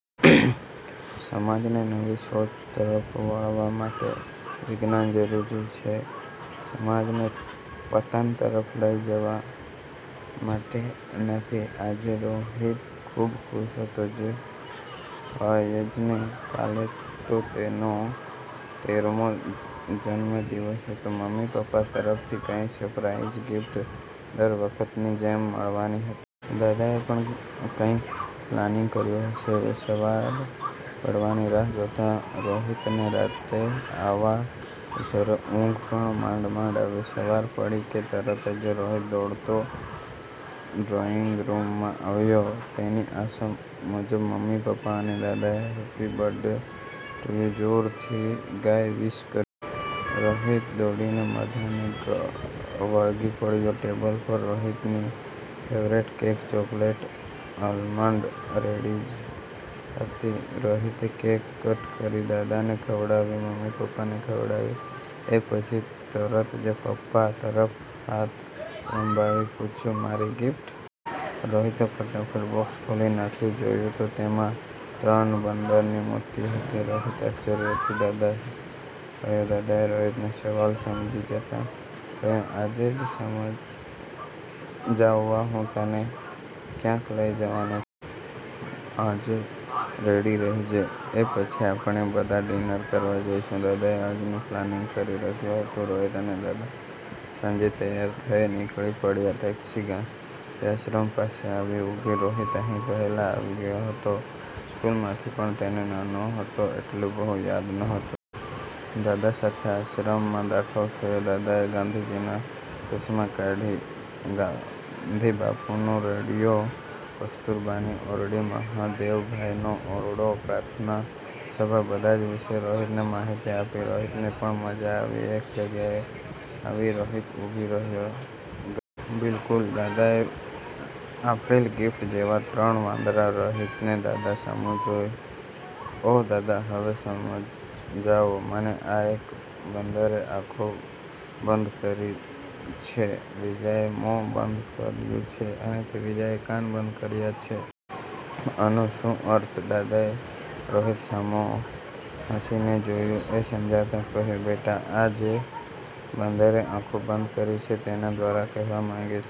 સમાજને નવી સોચ તરફ વાળવા માટે વિજ્ઞાન જરૂરી છે, સમાજને પતન તરફ લઈ જવા માટે નથી. આજે રોહિત ખૂબ ખુશ હતો. જે હોય જ ને, કાલે તો તેનો તેરમો જન્મદિવસ હતો. મમ્મી-પપ્પા તરફથી કંઈક સરપ્રાઈઝ ગિફ્ટ દર વખતની જેમ મળવાની હત દાદાએ પણ કંઈક પ્લાનિંગ કર્યું હશે. સવાર પડવાની રાહ જોતા રોહિતને રાતે આવા વિચારોથી ઊંઘ પણ માંડ-માંડ આવી. સવાર પડી કે તરત જ રોહિત દોડતો ડ્રોઈંગરૂમમાં આવ્યો. તેની આશા મુજબ મમ્મી-પપ્પા અને દાદાએ હેપી બર્થડે ટુ યુ જોરથી ગાઈ વિશ કર રોહિત દોડીને બધાને વળગી પડ્યો. ટેબલ પર રોહિતની favourite cake chocolate almond ready જ હતી. રોહિતે કેક કટ કરી, દાદાને ખવડાવી, મમ્મી-પપ્પાને ખવડાવી. એ પછી તરત જ પપ્પા તરફ હાથ લંબાવી પૂછ્યું, "મારી ગિફ્ટ?" રોહિતે ફટાફટ બોક્સ ખોલી નાખ્યું, જોયું તો તેમાં ત્રણ બંદરની મૂર્તિ હતી. રોહિત આશ્ચર્યથી દાદા સામે જોઈ રહ્યો. દાદાએ રોહિતનો સવાલ સમજી જતાં કહ્યું, "આજે આ જ સમજાવવા હું તને ક્યાંક લઈ જવાનો છું. સાંજે રેડી રહેજે. એ પછી આપણે બધા ડિનર કરવા જઈશું." દાદાએ આજનું પ્લાનિંગ કરી રાખ્યું હતું. રોહિત અને દાદા સાંજે તૈયાર થઈ નીકળી પડ્યા. ટેક્ષી ગાંધીઆશ્રમ પાસે આવી ઊભી. રોહિત અહીં પહેલા આવી ગયો હતો સ્કુલમાંથી, પણ તે નાનો હતો એટલે બહુ યાદ નહોતું. દાદા સાથે આશ્રમમાં દાખલ થયો. દાદાએ ગાંધીજીના ચશ્મા કાઢી, ગાંધીબાપુનો રેડીયો, કસ્તુરબાની ઓરડી, મહાદેવભાઈનો ઓરડો, પ્રાર્થના સભા બધા જ વિશે રોહિતને માહિતી આપી. રોહિતને પણ મજા આવી. એક જગ્યાએ આવી રોહિત ઊભો રહી ગયો. બિલકુલ, દાદાએ આપેલ ગિફ્ટ જેવા ત્રણ વાંદરા! રોહિતે દાદા સામું જોયું. "ઓહ દાદા! હવે સમજાવો મને, આ એક બંદરે આંખો બંધ કરી છે, બીજાએ મોં બંધ કર્યું છે, અને ત્રીજાએ કાન બંધ કર્યા છે. આનો શું અર્થ?" દાદાએ રોહિત સામે હસી ને જોયું. તેને સમજાવતા કહ્યું, "જો બેટા, આ જે બંદરે આંખો બંધ કરી છે, તેના દ્વારા કહેવા માંગે છે